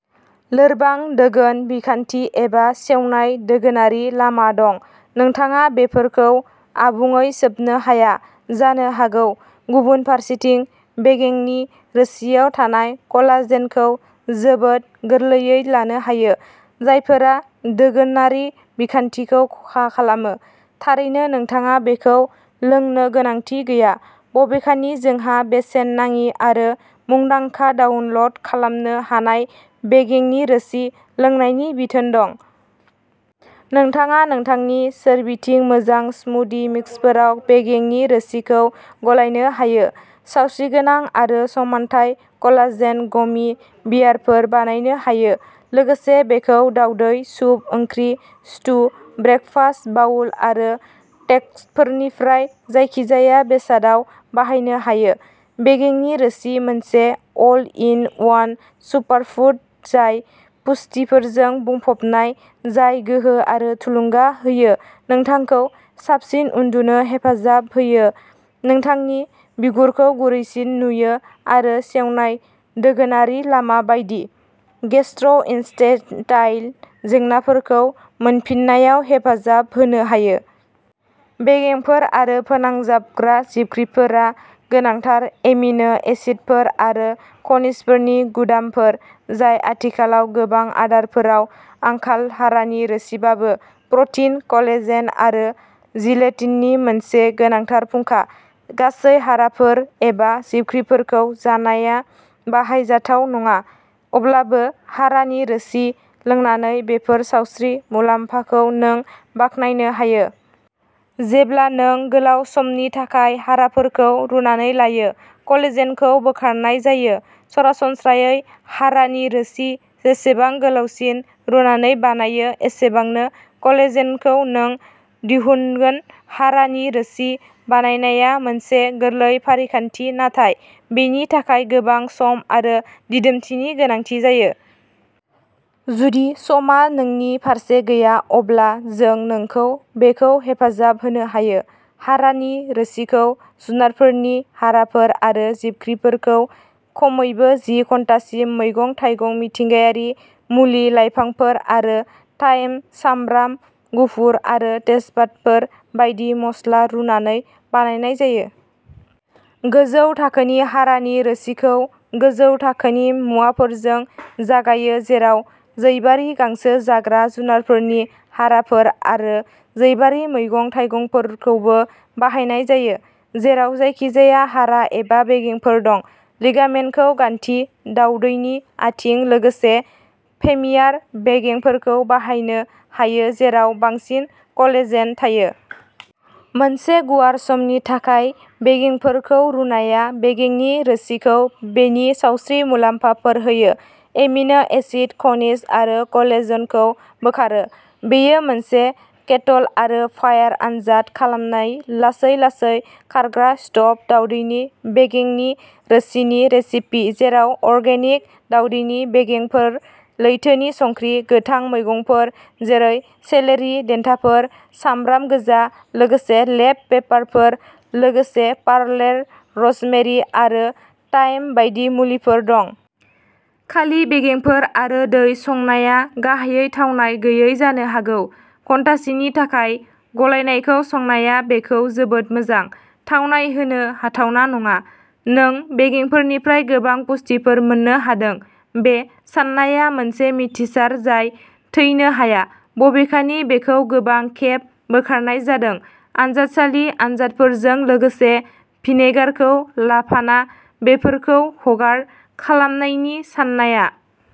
लोरबां दोगोन बिखान्थि एबा सेवनाय दोगोनारि लामा दं नोंथाङा बेफोरखौ आबुङै सोबनो हाया जानो हागौ। गुबुन फारसेथिं बेगेंनि रोसिआव थानाय कलाजेनखौ जोबोद गोरलैयै लानो हायो जायफोरा दोगोनारि बिखान्थिखौ खहा खालामो। थारैनो नोंथाङा बेखौ लोंनो गोनांथि गैया बबेखानि जोंहा बेसेन नाङि आरो मुंदांखा डाउनल'ड खालामनो हानाय बेगेंनि रोसि लोंनायनि बिथोन दं। नोंथाङा नोंथांनि सोरबिथिं मोजां स्मुदि मिक्सफोराव बेगेंनि रोसिखौ गलायनो हायो सावस्रिगोनां आरो समानथाय कलाजेन गमी बियारफोर बानायनो हायो लोगोसे बेखौ दावदै सुप ओंख्रि स्टु ब्रेकफास्ट बाउल आरो टेक'फोरनिफ्राय जायखिजाया बेसादाव बाहायनो हायो। बेगेंनि रोसि मोनसे अल इन वन सुपारफुड जाय पुष्टिफोरजों बुंफबनाय जाय गोहो आरो थुलुंगा होयो नोंथांखौ साबसिन उन्दुनो हेफाजाब होयो नोंथांनि बिगुरखौ गुरैसिन नुयो आरो सेवनाय दोगोनारि लामा बायदि गेस्ट्र'इन्टेस्टाइनल जेंनाफोरखौ मोनफिननायाव हेफाजाब होनो हायो। बेगेंफोर आरो फोनांजाबग्रा जिबख्रिफोरा गोनांथार एमिनो एसिडफोर आरो खनिजफोरनि गुदामफोर जाय आथिखालाव गोबां आदारफोराव आंखाल हारानि रोसिआबो प्रटिन कलेजेन आरो जिलेटिननि मोनसे गोनांथार फुंखा। गासै हाराफोर एबा जिबख्रिफोरखौ जानाया बाहायजाथाव नङा अब्लाबो हारानि रोसि लोंनानै बेफोर सावस्रि मुलाम्फाखौ नों बाखनायनो हायो। जेब्ला नों गोलाव समनि थाखाय हाराफोरखौ रुनानै लायो कलेजेनखौ बोखारनाय जायो। सरासनस्रायै हारानि रोसि जेसेबां गोलावसिन रुनानै बानायो एसेबांनो कलेजेनखौ नों दिहुनगोन हारानि रोसि बानायनाया मोनसे गोरलै फारिखान्थि नाथाय बेनि थाखाय गोबां सम आरो दिदोमथिनि गोनांथि जायो। जुदि समआ नोंनि फारसे गैया अब्ला जों नोंखौ बेखौ हेफाजाब होनो हायो। हारानि रोसिखौ जुनारफोरनि हाराफोर आरो जिबख्रिफोरखौ खमैबो जि घन्टासिम मैगं थाइगंमिथिंगायारि मुलि लाइफांफोर आरो थाइम सामब्राम गुफुर आरो तेजपातफोर बायदि मस्ला रुनानै बानायनाय जायो। गोजौ थाखोनि हारानि रोसिखौ गोजौ थाखोनि मुवाफोरजों जागायो जेराव जैबारि गांसो जाग्रा जुनारफोरनि हाराफोर आरो जैबारि मैगं थाइगंफोरखौबो बाहायनाय जायो। जेराव जायखिजाया हारा एबा बेगेंफोर दं। लिगामेन्टखौ गान्थि दावदैनि आथिं लोगोसे फेमियार बेगेंफोरखौ बाहायनो हायो जेराव बांसिन कलेजेन थायो। मोनसे गुवार समनि थाखाय बेगेंफोरखौ रुनाया बेगेंनि रोसिखौ बेनि सावस्रि मुलाम्फाफोर होयो एमिनो एसिड खनिज आरो कोलेजेनखौ बोखारो। बेयो मोनसे केटल आरो फायार आनजाद खालामनाय लासै लासै खारग्रा स्ट'भ दावदैनि बेगेंनि रोसिनि रेसिपि जेराव अर्गेनिक दावदैनि बेगेंफोर लैथोनि संख्रि गोथां मैगंफोर जेरै सेलेरि देन्थाफोर, सामब्राम गोजा, लोगोसे बेल पेपारफोर लोगोसे पार्सले र'जमेरि आरो थाइम बायदि मुलिफोर दं। खालि बेगेंफोर आरो दै संनाया गाहायै थावनाय गैयै जानो हागौ। घन्टासेनि थाखाय गलायनायखौ संनाया बेखौ जोबोद मोजां थावनाय होनो हाथावना नङा। नों बेगेंफोरनिफ्राय गोबां पुष्टिफोर मोन्नो हादों बे साननाया मोनसे मिथिसार जाय थैनो हाया बबेखानि बेखौ गोबां खेब बोखारनाय जादों आनजादसालि आनजादफोरजों लोगोसे। भिनेगारखौ लाफाना बेफोरखौ हगार खालामनायनि साननाया।